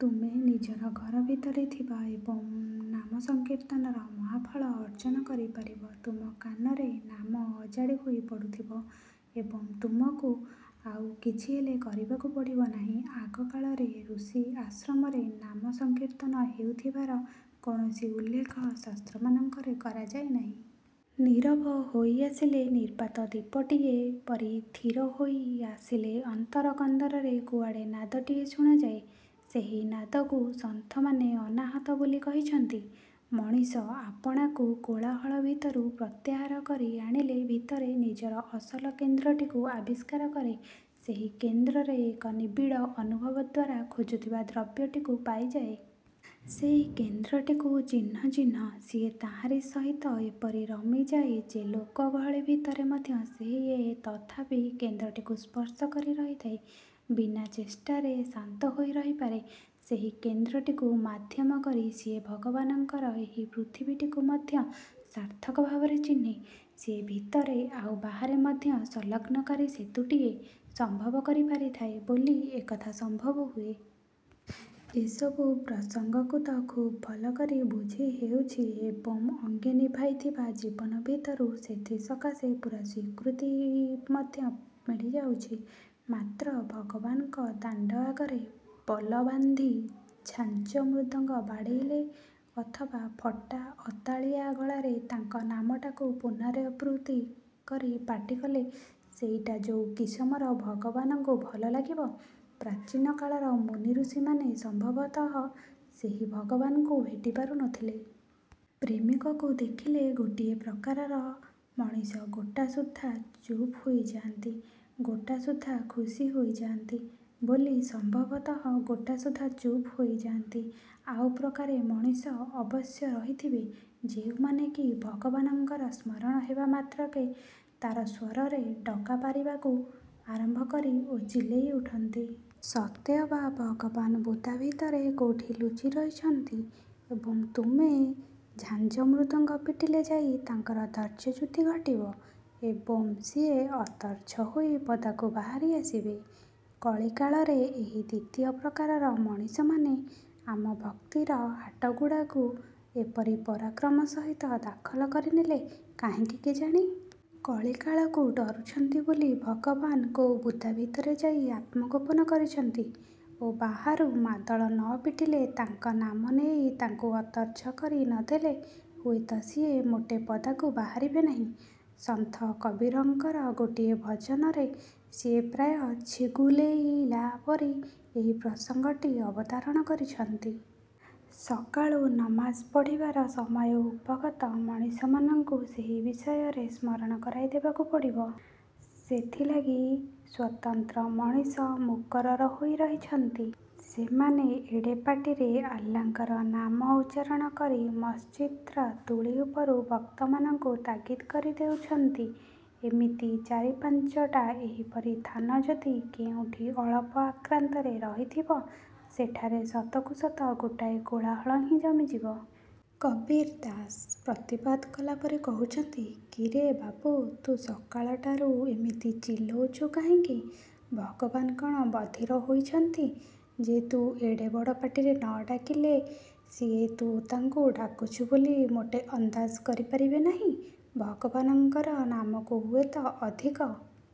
ତୁମେ ନିଜର ଘର ଭିତରେ ଥିବ ଏବଂ ନାମସଂକୀର୍ତ୍ତନର ମହାଫଳ ଅର୍ଜନ କରିପାରିବ। ତୁମ କାନରେ ନାମ ଅଜାଡ଼ି ହୋଇ ପଡୁଥିବ ଏବଂ ତୁମକୁ ଆଉ କିଛିହେଲେ କରିବାକୁ ପଡ଼ିବ ନାହିଁ। ଆଗକାଳର ଋଷି ଆଶ୍ରମରେ ନାମ ସଂକୀର୍ତ୍ତନ ହେଉଥିବାର କୌଣସି ଉଲ୍ଲେଖ ଶାସ୍ତ୍ରମାନଙ୍କରେ କରାଯାଇ ନାହିଁ। ନୀରବ ହୋଇ ଆସିଲେ, ନିର୍ବାତ ଦୀପଟିଏ ପରି ଥିର ହୋଇ ଆସିଲେ ଅନ୍ତର କନ୍ଦରରେ କୁଆଡ଼େ ନାଦଟିଏ ଶୁଣାଯାଏ। ସେହି ନାଦକୁ ସନ୍ଥମାନେ ଅନାହତ ବୋଲି କହିଛନ୍ତି। ମଣିଷ ଆପଣାକୁ କୋଳାହଳ ଭିତରୁ ପ୍ରତ୍ୟାହାର କରି ଆଣିଲେ ଭିତରେ ନିଜର ଅସଲ କେନ୍ଦ୍ରଟିକୁ ଆବିଷ୍କାର କରେ, ସେହି କେନ୍ଦ୍ରରେ ଏକ ନିବିଡ଼ ଅନୁଭବ ଦ୍ଵାରା ଖୋଜୁଥିବା ଦ୍ରବ୍ୟଟିକୁ ପାଇଯାଏ। ସେଇ କେନ୍ଦ୍ରଟିକୁ ଚିହ୍ନ ଚିହ୍ନ ସିଏ ତାହାରି ସହିତ ଏପରି ରମିଯାଏ ଯେ ଲୋକଗହଳି ଭିତରେ ମଧ୍ୟ ସିଏ ତଥାପି କେନ୍ଦ୍ରଟିକୁ ସ୍ପର୍ଶ କରି ରହିଥାଏ। ବିନା ଚେଷ୍ଟାରେ ଶାନ୍ତ ହୋଇ ରହିପାରେ। ସେହି କେନ୍ଦ୍ରଟିକୁ ମାଧ୍ୟମ କରି ସିଏ ଭଗବାନଙ୍କର ଏହି ପୃଥିବୀଟିକୁ ମଧ୍ୟ ସାର୍ଥକ ଭାବରେ ଚିହ୍ନେ, ସିଏ ଭିତରେ ଆଉ ବାହାର ମଧ୍ୟରେ ସଂଲଗ୍ନକାରୀ ସେତୁଟିଏ ସମ୍ଭବ କରି ପାରିଥାଏ ବୋଲି ଏକଥା ସମ୍ଭବ ହୁଏ। ଏସବୁ ପ୍ରସଙ୍ଗକୁ ତ ଖୁବ୍ ଭଲ କରି ବୁଝି ହେଉଛି ଏବଂ ଅଙ୍ଗେ ନିଭାଇଥିବା ଜୀବନ ଭିତରୁ ସେଥିସକାଶେ ପୂରା ସ୍ୱୀକୃତି ମଧ୍ୟ ମିଳିଯାଉଛି। ମାତ୍ର ଭଗବାନଙ୍କ ଦାଣ୍ଡ ଆଗରେ ପଲ ବାନ୍ଧି ଝାଞ୍ଜ ମୃଦଙ୍ଗ ବାଡ଼େଇଲେ ଅଥବା ଫଟା ଅତାଳିଆ ଗଳାରେ ତାଙ୍କ ନାମଟାକୁ ପୁନରାବୃତ୍ତି କରି ପାଟି କଲେ ସେଇଟା ଯୋଉ କିସମର ଭଗବାନଙ୍କୁ ଭଲ ଲାଗିବ, ପ୍ରାଚୀନ କାଳର ମୁନିଋଷିମାନେ ସମ୍ଭବତଃ ସେହି ଭଗବାନଙ୍କୁ ଭେଟିପାରୁ ନଥିଲେ। ପ୍ରେମିକକୁ ଦେଖିଲେ ଗୋଟାଏ ପ୍ରକାରର ମଣିଷ ଗୋଟାସୁଦ୍ଧା ଚୁପ ହୋଇ ଯାଆନ୍ତି, ଗୋଟାସୁଦ୍ଧା ଖୁସି ହୋଇଯାଆନ୍ତି ବୋଲି ସମ୍ଭବତଃ ଗୋଟାସୁଦ୍ଧା ଚୁପ୍ ହୋଇ ଯାଆନ୍ତି। ଆଉ ପ୍ରକାରେ ମଣିଷ ଅବଶ୍ୟ ରହିଥିବେ, ଯେଉଁମାନେ କି ଭଗବାନଙ୍କର ସ୍ମରଣ ହେବା ମାତ୍ରକେ ତାରସ୍ୱରରେ ଡ଼କା ପାରିବାକୁ ଆରମ୍ଭ କରନ୍ତି ଓ ଚିଲେଇ ଉଠନ୍ତି। ସତେଅବା ଭଗବାନ ବୁଦା ଭିତରେ କୋଉଠି ଲୁଚି ରହିଛନ୍ତି ଏବଂ ତୁମେ ଝାଞ୍ଜ ମୃଦଙ୍ଗ ପିଟିଲେ ଯାଇ ତାଙ୍କର ଧୈର୍ଯ୍ୟଚ୍ୟୁତି ଘଟିବ ଏବଂ ସିଏ ଅତର୍ଚ୍ଛ ହୋଇ ପଦାକୁ ବାହାରି ଆସିବେ। କଳିକାଳରେ ଏହି ଦ୍ୱିତୀୟ ପ୍ରକାରର ମଣିଷମାନେ ଆମ ଭକ୍ତିର ହାଟଗୁଡ଼ାକୁ ଏପରି ପରାକ୍ରମ ସହିତ ଦଖଲ କରିନେଲେ କାହିଁକି କେଜାଣି? କଳିକାଳକୁ ଡ଼ରୁଛନ୍ତି ବୋଲି ଭଗବାନ କୋଉ ବୁଦା ଭିତରେ ଯାଇ ଆତ୍ମଗୋପନ କରିଛନ୍ତି ଓ ବାହାରୁ ମାଦଳ ନ ପିଟିଲେ ତାଙ୍କ ନାମ ନେଇ ତାଙ୍କୁ ଅତର୍ଚ୍ଛ କରି ନଦେଲେ ହୁଏତ ସିଏ ମୋଟେ ପଦାକୁ ବାହାରିବେ ନାହିଁ। ସନ୍ଥ କବୀରଙ୍କର ଗୋଟିଏ ଭଜନରେ ସିଏ ପ୍ରାୟ ଛିଗୁଲେଇଲା ପରି ଏହି ପ୍ରସଙ୍ଗଟିର ଅବତାରଣା କରିଛନ୍ତି। ସକାଳୁ ନମାଜ ପଢ଼ିବାର ସମୟ ଉପଗତ ମଣିଷମାନଙ୍କୁ ସେହି ବିଷୟରେ ସ୍ମରଣ କରାଇଦେବାକୁ ପଡ଼ିବ। ସେଥିଲାଗି ସ୍ୱତନ୍ତ୍ର ମଣିଷ ମୁକରର ହୋଇ ରହିଛନ୍ତି। ସେମାନେ ଏଡ଼େ ପାଟିରେ ଆଲ୍ଲାଙ୍କର ନାମ ଉଚ୍ଚାରଣ କରି ମସ୍ଜିଦ୍ର ତୁଳି ଉପରୁ ଭକ୍ତମାନଙ୍କୁ ତାଗିଦ କରି ଦେଉଛନ୍ତି। ଏମିତି ଚାରି ପାଞ୍ଚଟା ଏହିପରି ଥାନ ଯଦି କେଉଁଠି ଅଳପ ଆକ୍ରାନ୍ତରେ ରହିଥିବ, ସେଠାରେ ସତକୁ ସତ ଗୋଟାଏ କୋଳାହଳ ହିଁ ଜମିଯିବ। କବୀର ଦାସ ପ୍ରତିବାଦ କଲାପରି କହୁଛନ୍ତି, କିରେ ବାବୁ ତୁ ସକାଳଟାରୁ ଏମିତି ଚିଲୋଉଛୁ କାହିଁକି, ଭଗବାନ କଣ ବଧିର ହୋଇଛନ୍ତି ଯେ ତୁ ଏଡ଼େ ବଡ଼ ପାଟିରେ ନ ଡାକିଲେ ସିଏ ତୁ ତାଙ୍କୁ ଡାକୁଛୁ ବୋଲି ମୋଟେ ଅନ୍ଦାଜ କରିପାରିବେ ନାହିଁ। ଭଗବାନଙ୍କର ନାମକୁ ହୁଏତ ଅଧିକ